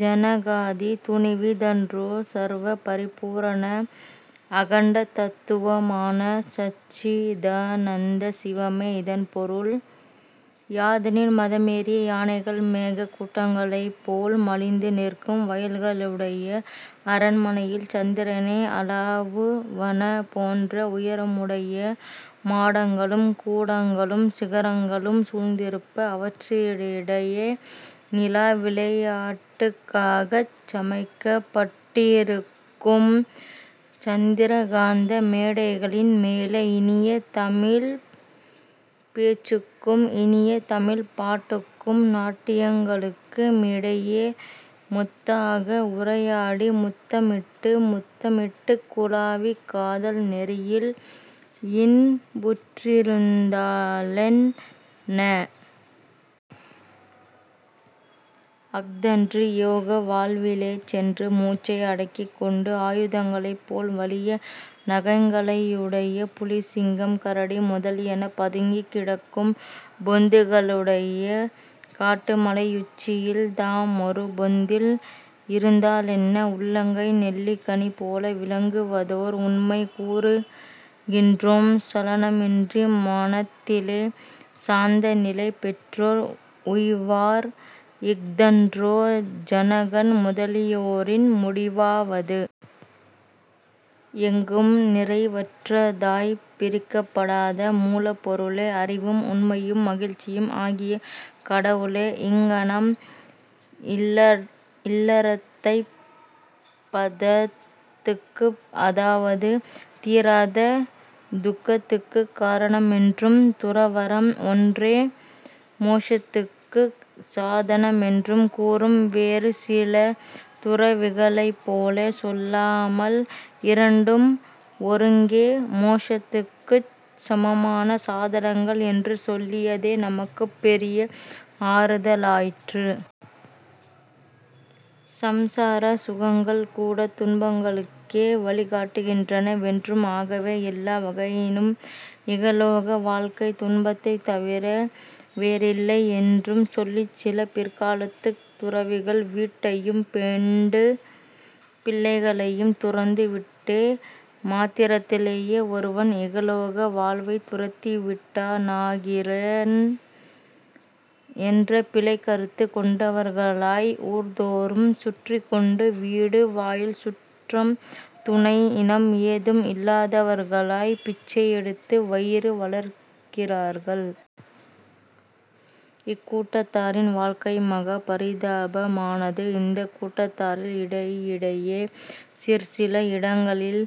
ஜனகாதி துணிவி தன்றோ? சர்வபரிபூரண அகண்டதத்துவமான சச்சிதானந்த சிவமே'' இதன் பொருள் யாதெனில் 'மதமேறிய யானைகள் மேகக் கூட்டங்களைப் போல் மலிந்து நிற்கும் வயல்களையுடைய அரண்மனையில், சந்திரனை அளாவுவன போன்ற உயரமுடைய மாடங்களும் கூடங்களும் சிகரங்களும் சூழ்ந்திருப்ப, அவற்றிடையே நிலா விளையாட்டுக்காகச் சமைக்கப்பட்டிருக்கும் சந்திரகாந்த மேடைகளின் மேலே இனிய தமிழ்ப் பேச்சுக்கும் இனிய தமிழ் பாட்டுக்கும் நாட்டியங்களுக்கு மிடையே முத்தாக உரையாடி முத்தமிட்டு முத்தமிட்டுக் குலாவிக் காதல் நெறியில் இன்புற்றிருந்தாலென்ன? அஃதன்றி, யோக வாழ்விலே சென்று மூச்சை அடக்கிக் கொண்டு ஆயுதங்களைப் போல் வலிய நகங்களையுடைய புலி, சிங்கம், கரடி முதலியன பதுங்கிக் கிடக்கும் பொந்துகளுடைய காட்டுமலையுச்சியில் தாமொரு பொந்தில் இருந்தாலென்ன? உள்ளங்கை நெல்லிக்கனி போல விளங்குவதோர் உண்மை கூறுகின்றோம். 'சலனமின்றி மனத்திலே சாந்தநிலை பெற்றோர் உய்வார்' இஃதன்றோ ஜனகன் முதலியோரின் முடிவாவது? எங்கும் நிறைவற்றதாய்ப் பிரிக்கப்படாத மூலப்பொருளே! அறிவும், உண்மையும், மகிழ்ச்சியும் ஆகிய கடவுளே? ' இங்ஙனம், இல்லறத்தைப் பந்தத்துக்கு அதாவது, தீராத துக்கத்துக்குக் காரணமென்றும், துறவறம் ஒன்றே மோக்ஷத்துக்குச் சாதனமென்றும், கூறும் வேறு சில துறவிகளைப்போலே சொல்லாமல், இரண்டும் ஒருங்கே மோக்ஷத்துக்குச் சமமான சாதனங்கள் என்று சொல்லியதே நமக்குப் பெரிய ஆறுதலாயிற்று. சம்சார சுகங்கள் கூடத் துன்பங்களுக்கே வழிகாட்டுகின்றன வென்றும், ஆகவே எல்லா வகையினும் இகலோக வாழ்க்கை துன்பத்தைத் தவிர வேறில்லையென்றும் சொல்லிச் சில பிற்காலத்துத் துறவிகள், 'வீட்டையும் பெண்டு பிள்ளைகளையும் துறந்து விட்ட மாத்திரத்திலேயே ஒருவன் இகலோக வாழ்வைத் துறந்துவிட்டானாகிறான்' என்ற பிழைக் கருத்து கொண்டவர்களாய், ஊர்தோறும் சுற்றிக்கொண்டு, வீடு, வாயில் சுற்றம் துணை இனம் ஏதும் இல்லாதவர்களாய், பிச்சையெடுத்து வயிறு வளர்க்கிறார்கள். இக் கூட்டத்தாரின் வாழ்க்கை மகா பரிதாபமானது. இந்தக் கூட்டத்தாரில் இடையிடையே சிற்சில இடங்களில்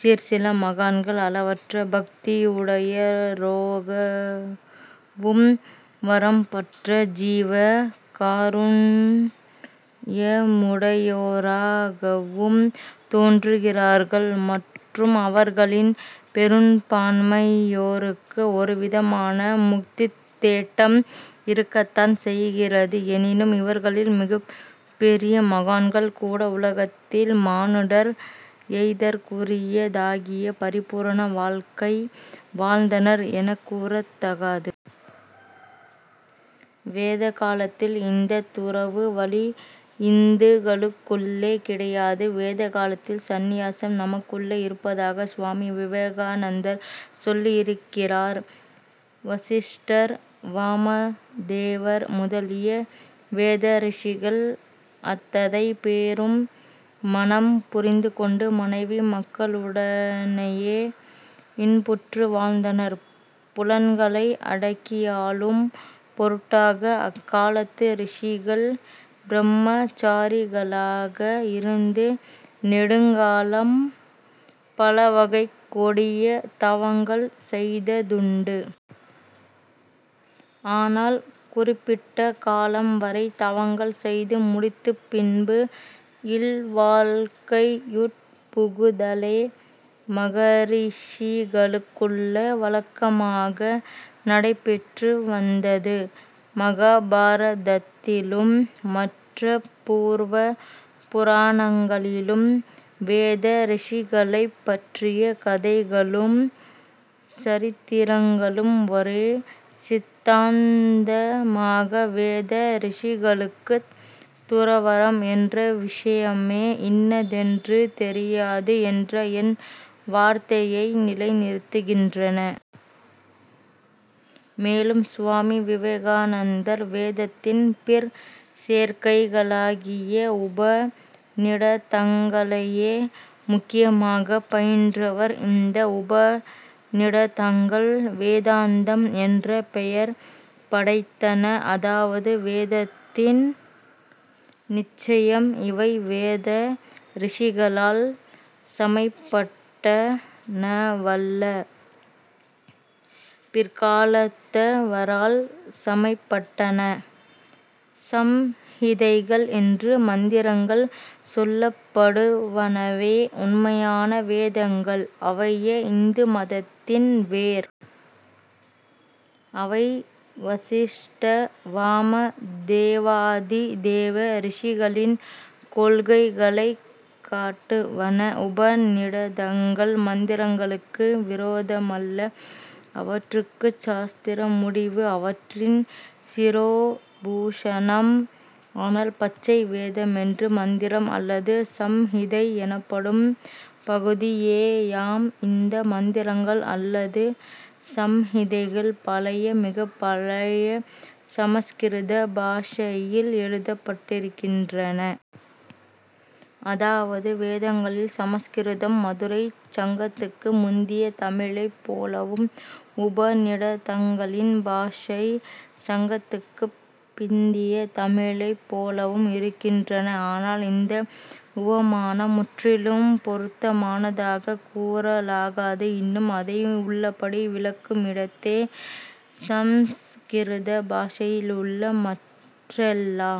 சிற்சில மகான்கள் அளவற்ற பக்தியுடையோராகவும், வரம்பற்ற ஜீவ காருண்யமுடையோராகவும் தோன்றுகிறார்கள். மற்றும் அவர்களில் பெரும்பான்மையோருக்கு ஒரு விதமான முக்தித் தேட்டம் இருக்கத்தான் செய்கிறது. எனினும், இவர்களில் மிகப் பெரிய மகான்கள் கூட, உலகத்தில் மானுடர் எய்தற்குரியதாகிய பரிபூரண வாழ்க்கை வாழ்ந்தனர் எனக் கூறத் தகாது. வேதகாலத்தில் இந்தத் துறவு வழி இந்துக்களுக்குள்ளே கிடையாது. வேத காலத்தில், சந்நியாசம் நமக்குள்ளே இருப்பதாக சுவாமி விவேகானந்தர் சொல்லியிருக்கிறார். வசிஷ்டர், வாமதேவர் முதலிய வேதரிஷிகள் அத்ததை பேரும் மணம் புரிந்துகொண்டு, மனைவி மக்களுடனேயே இன்புற்று வாழ்ந்தனர். புலன்களை அடக்கியாளும் பொருட்டாக, அக்காலத்து ரிஷிகள் பிரம்மசாரிகளாக இருந்து நெடுங்காலம் பலவகைக் கொடிய தவங்கள் செய்ததுண்டு. ஆனால், குறிப்பிட்ட காலம் வரை தவங்கள் செய்து முடித்துப் பின்பு இல்வாழ்க்கையுட் புகுதலே மகரிஷிகளுக்குள்ள வழக்கமாக நடைபெற்றுவந்தது. மகாபாரதத்திலும் மற்றப் பூர்வ பூராணங்களிலும் வேதரிஷிகளைப் பற்றிய கதைகளும் சரித்திரங்களும் ஒரே சித்தாந்தமாக வேத ரிஷிகளுக்குத் துறவறம் என்ற விஷயமே இன்னதென்று தெரியாது என்ற என் வார்த்தையை நிலைநிறுத்துகின்றன. மேலும் சுவாமி விவேகானந்தர் வேதத்தின் பிற்சேர்க்கைகளாகிய உபநிடதங்களையே முக்கியமாகப் பயின்றவர். இந்த உபநிடதங்கள் வேதாந்தம் என்ற பெயர் படைத்தன. அதாவது வேதத்தின் நிச்சயம் இவை வேத ரிஷிகளால் சமைப்பட்டனவல்ல. பிற்காலத்தவரால் சமைப்பட்டன. ஸம்ஹிதைகள் என்று மந்திரங்கள் சொல்லப்படுவனவே உண்மையான வேதங்கள். அவையே இந்து மதத்தின் வேர். அவை வசிஷ்ட வாமதேவாதி தேவ ரிஷிகளின் கொள்கைகளைக் காட்டுவன. உபநிடதங்கள் மந்திரங்களுக்கு விரோதமல்ல. அவற்றுக்குச் சாஸ்திர முடிவு. அவற்றின் சிரோபூஷணம். ஆனால், பச்சை வேதமென்று மந்திரம் அல்லது ஸம்ஹிதை எனப்படும் பகுதியேயாம். இந்த மந்திரங்கள் அல்லது ஸம்ஹிதைகள் பழைய மிகப் பழைய சமஸ்கிருத பாஷையில் எழுதப்பட்டிருக்கின்றன. அதாவது, வேதங்களின் சமஸ்கிருதம் மதுரைச் சங்கத்துக்கு முந்திய தமிழைப் போலவும் உபநிடதங்களின் பாஷை சங்கத்துக்குப் பிந்திய தமிழைப் போலவும் இருக்கின்றன. ஆனால், இந்த உவமானம் முற்றிலும் பொருத்தமானதாகக் கூறலாகாது. இன்னும் அதை உள்ளபடி விளக்குமிடத்தே. ஸம்ஸ்கிருத பாஷையிலுள்ள மற்றெல்லா